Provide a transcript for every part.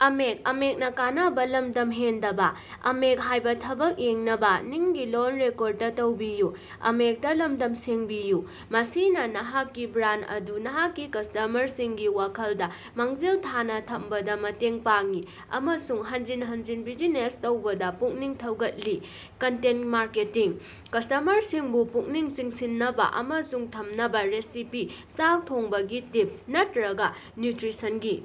ꯃꯁꯤꯅ ꯅꯍꯥꯛꯀꯤ ꯕ꯭ꯔꯥꯟꯗ ꯑꯗꯨ ꯅꯍꯥꯛꯀꯤ ꯀꯁ꯭ꯇꯃꯔꯁꯤꯡꯒꯤ ꯋꯥꯈꯜꯗ‌ ꯃꯥꯡꯖꯤꯜ ꯊꯥꯅ ꯊꯝꯕꯗ ꯃꯇꯦꯡ ꯄꯥꯡꯏ ꯑꯃꯁꯨꯡ ꯍꯟꯖꯤꯟ ꯍꯟꯖꯤꯟ ꯕꯤꯖꯤꯅꯦꯁ ꯇꯧꯕꯗ ꯄꯨꯛꯅꯤꯡ ꯊꯧꯒꯠꯂꯤ꯫ ꯀꯟꯇꯦꯟꯇ ꯃꯥꯔꯀꯦꯇꯤꯡ - ꯀꯁ꯭ꯇꯃꯔꯁꯤꯡꯕꯨ ꯄꯨꯛꯅꯤꯡ ꯆꯤꯡꯁꯤꯟꯅꯕ ꯑꯃꯁꯨꯡ ꯊꯝꯅꯕ ꯔꯦꯁꯤꯄꯤ, ꯆꯥꯛ ꯊꯣꯡꯕꯒꯤ ꯇꯤꯞꯁ ꯅꯠꯇꯔꯒ ꯅ꯭ꯌꯨꯇꯔꯤꯁꯟꯒꯤ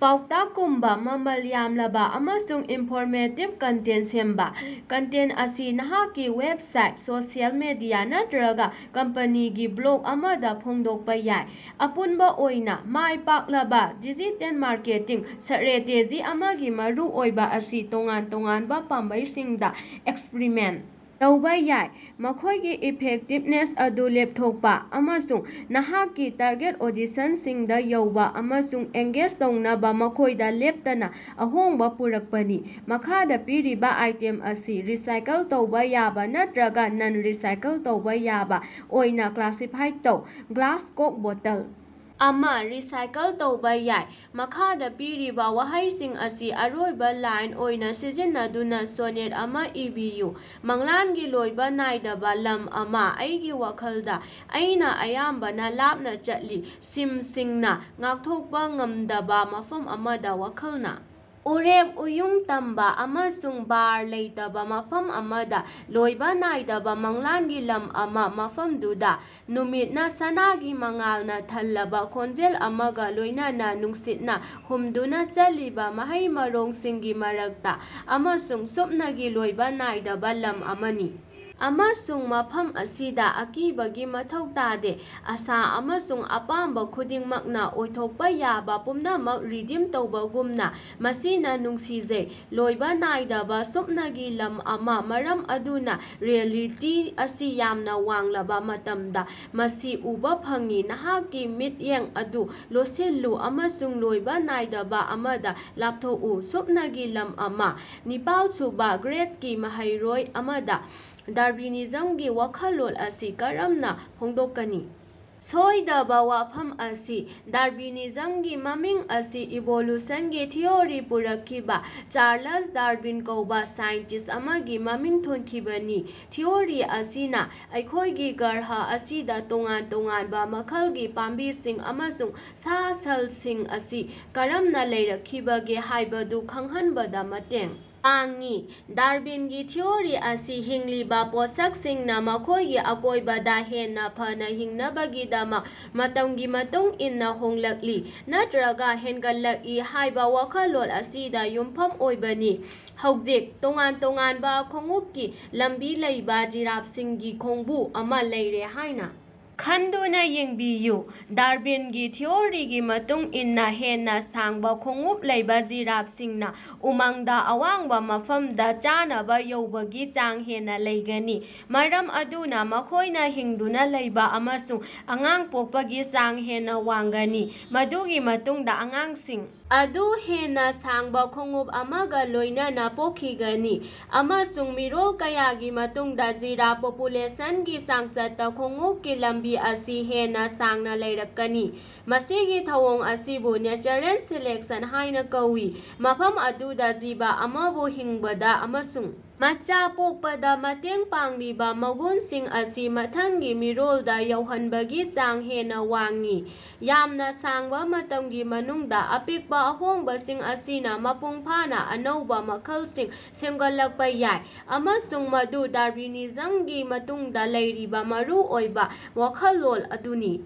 ꯄꯥꯎꯇꯥꯛꯀꯨꯝꯕ ꯃꯃꯜ ꯌꯥꯝꯂꯕ ꯑꯃꯁꯨꯡ ꯏꯟꯐꯣꯔꯃꯦꯇꯤꯕ ꯀꯟꯇꯦꯟꯇ ꯁꯦꯝꯕ꯫ ꯀꯟꯇꯦꯟꯇ ꯑꯁꯤ ꯅꯍꯥꯛꯀꯤ ꯋꯦꯕꯁꯥꯏꯠ, ꯁꯣꯁꯤꯑꯦꯜ ꯃꯤꯗꯤꯌꯥ ꯅꯠꯇꯔꯒ ꯀꯝꯄꯅꯤꯒꯤ ꯕ꯭ꯂꯣꯒ ꯑꯃꯗ ꯐꯣꯡꯗꯣꯛꯄ ꯌꯥꯏ꯫ ꯑꯄꯨꯟꯕ ꯑꯣꯏꯅ, ꯃꯥꯏ ꯄꯥꯛꯂꯕ ꯗꯤꯖꯤꯇꯦꯜ ꯃꯥꯔꯀꯦꯇꯤꯡ ꯁ꯭ꯠꯔꯦꯇꯦꯖꯤ ꯑꯃꯒꯤ ꯃꯔꯨꯑꯣꯏꯕ ꯑꯁꯤ ꯇꯣꯉꯥꯟ ꯇꯣꯉꯥꯟꯕ ꯄꯥꯝꯕꯩꯁꯤꯡꯗ ꯑꯦꯛꯁꯄꯔꯤꯃꯦꯟꯇ ꯇꯧꯕ ꯌꯥꯏ, ꯃꯈꯣꯏꯒꯤ ꯏꯐꯦꯛꯇꯤꯕꯅꯦꯁ ꯑꯗꯨ ꯂꯦꯞꯊꯣꯛꯄ, ꯑꯃꯁꯨꯡ ꯅꯍꯥꯛꯀꯤ ꯇꯥꯔꯒꯦꯠ ꯑꯣꯗꯤꯁꯟꯁꯤꯡꯗ ꯌꯧꯕꯥ ꯑꯃꯁꯨꯡ ꯑꯦꯡꯒꯦꯖ ꯇꯧꯅꯕ ꯃꯈꯣꯏꯗ ꯂꯦꯞꯇꯅ ꯑꯍꯣꯡꯕ ꯄꯨꯔꯛꯄꯅꯤ꯫ ꯃꯈꯥꯗ ꯄꯤꯔꯤꯕ ꯑꯥꯏꯇꯦꯝ ꯑꯁꯤ ꯔꯤꯁꯥꯏꯀꯜ ꯇꯧꯕ‌ ꯌꯥꯕ ꯅꯠꯇꯔꯒ ꯅꯟ-ꯔꯤꯁꯥꯏꯀꯜ ꯇꯧꯕ ꯌꯥꯕ ꯑꯣꯏꯅ ꯀ꯭ꯂꯥꯁꯤꯐꯥꯏ ꯇꯧ꯫ ꯒ꯭ꯂꯥꯁꯀꯣꯛ ꯕꯣꯇꯜ ꯑꯃ ꯔꯤꯁꯥꯏꯀꯜ ꯇꯧꯕ ꯌꯥꯏ꯫ ꯃꯈꯥꯗ ꯄꯤꯔꯤꯕ ꯋꯥꯍꯩꯁꯤꯡ ꯑꯁꯤ ꯑꯔꯣꯏꯕ ꯂꯥꯏꯟ ꯑꯣꯏꯅ ꯁꯤꯖꯤꯟꯅꯗꯨꯅ ꯁꯣꯅꯦꯠ ꯑꯃ ꯏꯕꯤꯌꯨ꯫ ꯃꯪꯂꯥꯟꯒꯤ ꯂꯣꯏꯕ ꯅꯥꯏꯗꯕ ꯂꯝ ꯑꯃ - ꯑꯩꯒꯤ ꯋꯥꯈꯜꯗ, ꯑꯩꯅ ꯑꯌꯥꯝꯕꯅ ꯂꯥꯞꯅ ꯆꯠꯂꯤ, ꯁꯤꯝꯁꯤꯡꯅ ꯉꯥꯛꯊꯣꯛꯄ ꯉꯝꯗꯕ ꯃꯐꯝ ꯑꯃꯗ ꯋꯥꯈꯜꯅ ꯎꯔꯦꯞ ꯎꯌꯨꯡ ꯇꯝꯕ ꯑꯃꯁꯨꯡ ꯕꯥꯔ ꯂꯩꯇꯕ ꯃꯐꯝ ꯑꯃꯗ ꯂꯣꯏꯕ ꯅꯥꯏꯗꯕ ꯃꯪꯂꯥꯟꯒꯤ ꯂꯝ ꯑꯃ ꯃꯐꯝꯗꯨꯗ, ꯅꯨꯃꯤꯠꯅ ꯁꯅꯥꯒꯤ ꯃꯉꯥꯜꯅ ꯊꯜꯂꯕ ꯈꯣꯟꯖꯦꯜ ꯑꯃꯒ ꯂꯣꯏꯅꯅ ꯅꯨꯡꯁꯤꯠꯅ ꯍꯨꯝꯗꯨꯅ ꯆꯠꯂꯤꯕ ꯃꯍꯩ ꯃꯔꯣꯡꯁꯤꯡꯒꯤ ꯃꯔꯛꯇ꯫ ꯑꯃꯁꯨꯡ ꯁꯨꯞꯅꯒꯤ ꯂꯣꯏꯕ ꯅꯥꯏꯗꯕ ꯂꯝ ꯑꯃꯅꯤ ꯑꯃꯁꯨꯡ ꯃꯐꯝ ꯑꯁꯤꯗ, ꯑꯀꯤꯕꯒꯤ ꯃꯊꯧ ꯇꯥꯗꯦ ꯑꯥꯁꯥ ꯑꯃꯁꯨꯡ ꯑꯄꯥꯝꯕ ꯈꯨꯗꯤꯡꯃꯛꯅ ꯑꯣꯏꯊꯣꯛꯄ ꯌꯥꯕ ꯄꯨꯝꯅꯃꯛ ꯔꯤꯗꯤꯝ ꯇꯧꯕꯒꯨꯝꯅꯥ, ꯃꯁꯤꯅ ꯅꯨꯡꯁꯤꯖꯩ ꯂꯣꯏꯕ ꯅꯥꯏꯗꯕ ꯁꯨꯞꯅꯒꯤ ꯂꯝ ꯑꯃ ꯃꯔꯝ ꯑꯗꯨꯅ ꯔꯤꯑꯦꯂꯤꯇꯤ ꯑꯁꯤ ꯌꯥꯝꯅ ꯋꯥꯡꯂꯕ‌ ꯃꯇꯝꯗ ꯃꯁꯤ ꯎꯕꯥ ꯐꯪꯏ ꯅꯍꯥꯛꯀꯤ ꯃꯤꯠꯌꯦꯡ ꯑꯗꯨ ꯂꯣꯠꯁꯤꯜꯂꯨ ꯑꯃꯁꯨꯡ ꯂꯣꯏꯕ ꯅꯥꯏꯗꯕ ꯑꯃꯗ ꯂꯥꯞꯊꯣꯛꯎ ꯁꯨꯞꯅꯒꯤ ꯂꯝ ꯑꯃ꯫ ꯅꯤꯄꯥꯜꯁꯨꯕ ꯒ꯭ꯔꯦꯗꯀꯤ ꯃꯍꯩꯔꯣꯏ ꯑꯃꯗ ꯗꯥꯔꯕꯤꯅꯤꯖꯝꯒꯤ ꯋꯥꯈꯜꯂꯣꯟ ꯑꯁꯤ ꯀꯔꯝꯅꯥ ꯐꯣꯡꯗꯣꯛꯀꯅꯤ? ꯁꯣꯏꯗꯕ ꯋꯥꯐꯝ ꯑꯁꯤ, ꯗꯥꯔꯕꯤꯅꯤꯖꯝꯒꯤ ꯃꯃꯤꯡ ꯑꯁꯤ ꯏꯚꯣꯂꯨꯁꯟꯒꯤ ꯊꯤꯑꯣꯔꯤ ꯄꯨꯔꯛꯈꯤꯕ ꯆꯥꯔ꯭ꯂꯁ ꯗꯥꯔꯕꯤꯟ ꯀꯧꯕ ꯁꯥꯏꯟꯇꯤꯁ꯭ꯠ ꯑꯃꯒꯤ ꯃꯃꯤꯡ ꯊꯣꯟꯈꯤꯕꯅꯤ꯫ ꯊꯤꯑꯣꯔꯤ ꯑꯁꯤꯅ ꯑꯩꯈꯣꯏꯒꯤ ꯒ꯭ꯔꯍ ꯑꯁꯤꯗ ꯇꯣꯉꯥꯟ ꯇꯣꯉꯥꯟꯕ ꯃꯈꯜꯒꯤ ꯄꯥꯝꯕꯤꯁꯤꯡ ꯑꯃꯁꯨꯡ ꯁꯥ-ꯁꯟꯁꯤꯡ ꯑꯁꯤ ꯀꯔꯝꯅ ꯂꯩꯔꯛꯈꯤꯕꯒꯦ ꯍꯥꯏꯕꯗꯨ ꯈꯪꯍꯟꯕꯗ ꯃꯇꯦꯡ ꯄꯥꯡꯏ꯫ ꯗꯥꯔꯕꯤꯟꯒꯤ ꯊꯤꯑꯣꯔꯤ ꯑꯁꯤ ꯍꯤꯡꯂꯤꯕ ꯄꯣꯠꯁꯛꯁꯤꯡꯅ ꯃꯈꯣꯏꯒꯤ ꯑꯀꯣꯏꯕꯗ ꯍꯦꯟꯅ ꯐꯅ ꯍꯤꯡꯅꯕꯒꯤꯗꯃꯛ ꯃꯇꯝꯒꯤ ꯃꯇꯨꯡ ꯏꯟꯅ ꯍꯣꯡꯂꯛꯂꯤ, ꯅꯠꯇꯔꯒ ꯍꯦꯟꯒꯠꯂꯛꯏ ꯍꯥꯏꯕ ꯋꯥꯈꯜꯂꯣꯟ ꯑꯁꯤꯗ ꯌꯨꯝꯐꯝ ꯑꯣꯏꯕꯅꯤ꯫ ꯍꯧꯖꯤꯛ, ꯇꯣꯉꯥꯟ ꯇꯣꯉꯥꯟꯕ ꯈꯣꯡꯎꯞꯀꯤ ꯂꯝꯕꯤ ꯂꯩꯕ ꯖꯤꯔꯥꯐꯁꯤꯡꯒꯤ ꯈꯣꯡꯕꯨ ꯑꯃ ꯂꯩꯔꯦ ꯍꯥꯏꯅ ꯈꯟꯗꯨꯅ ꯌꯦꯡꯕꯤꯌꯨ꯫ ꯗꯥꯔꯕꯤꯟꯒꯤ ꯊꯤꯑꯣꯔꯤꯒꯤ ꯃꯇꯨꯡ ꯏꯟꯅ ꯍꯦꯟꯅ ꯁꯥꯡꯕ ꯈꯣꯡꯎꯞ ꯂꯩꯕ ꯖꯤꯔꯥꯐꯁꯤꯡꯅ ꯎꯃꯪꯗ ꯑꯋꯥꯡꯕ ꯃꯐꯝꯗ ꯆꯥꯅꯕ ꯌꯧꯕꯒꯤ ꯆꯥꯡ ꯍꯦꯟꯅ ꯂꯩꯒꯅꯤ, ꯃꯔꯝ ꯑꯗꯨꯅ ꯃꯈꯣꯏꯅ ꯍꯤꯡꯗꯨꯅ ꯂꯩꯕ ꯑꯃꯁꯨꯡ ꯑꯉꯥꯡ ꯄꯣꯛꯄꯒꯤ ꯆꯥꯡ ꯍꯦꯟꯅ ꯋꯥꯡꯒꯅꯤ꯫ ꯃꯗꯨꯒꯤ ꯃꯇꯨꯡꯗ ꯑꯉꯥꯡꯁꯤꯡ ꯑꯗꯨ ꯍꯦꯟꯅ ꯁꯥꯡꯕ ꯈꯣꯡꯎꯞ ꯑꯃꯒ ꯂꯣꯏꯅꯅ ꯄꯣꯛꯈꯤꯒꯅꯤ, ꯑꯃꯁꯨꯡ ꯃꯤꯔꯣꯜ ꯀꯌꯥꯒꯤ ꯃꯇꯨꯡꯗ ꯖꯤꯔꯥꯐ ꯄꯣꯄꯨꯂꯦꯁꯟꯒꯤ ꯆꯥꯡꯆꯠꯇ ꯈꯣꯡꯎꯞꯀꯤ ꯂꯝꯕꯤ ꯑꯁꯤ ꯍꯦꯟꯅ ꯁꯥꯡꯅ ꯂꯩꯔꯛꯀꯅꯤ꯫ ꯃꯁꯤꯒꯤ ꯊꯧꯑꯣꯡ ꯑꯁꯤꯕꯨ ꯅꯦꯆꯔꯦꯜ ꯁꯦꯂꯦꯛꯁꯟ ꯍꯥꯏꯅ ꯀꯧꯏ, ꯃꯐꯝ ꯑꯗꯨꯗ ꯖꯤꯕ ꯑꯃꯕꯨ ꯍꯤꯡꯕꯗ‌ ꯑꯃꯁꯨꯡ ꯃꯆꯥ ꯄꯣꯛꯄꯗ ꯃꯇꯦꯡ ꯄꯥꯡꯂꯤꯕ ꯃꯒꯨꯟꯁꯤꯡ ꯑꯁꯤ ꯃꯊꯪꯒꯤ ꯃꯤꯔꯣꯜꯗ ꯌꯧꯍꯟꯕꯒꯤ ꯆꯥꯡ ꯍꯦꯟꯅ ꯋꯥꯡꯏ꯫ ꯌꯥꯝꯅ ꯁꯥꯡꯕ ꯃꯇꯝꯒꯤ ꯃꯅꯨꯡꯗ ꯑꯄꯤꯛꯄ ꯑꯍꯣꯡꯕꯁꯤꯡ ꯑꯁꯤꯅ ꯃꯄꯨꯡꯐꯥꯅ ꯑꯅꯧꯕ ꯃꯈꯜꯁꯤꯡ ꯁꯦꯝꯒꯠꯂꯛꯄ ꯌꯥꯏ꯫ ꯑꯃꯁꯨꯡ ꯃꯗꯨ ꯗꯥꯔꯕꯤꯅꯤꯖꯝꯒꯤ ꯃꯇꯨꯡꯗ ꯂꯩꯔꯤꯕ ꯃꯔꯨ ꯑꯣꯏꯕ ꯋꯥꯈꯜꯂꯣꯟ ꯑꯗꯨꯅꯤ꯫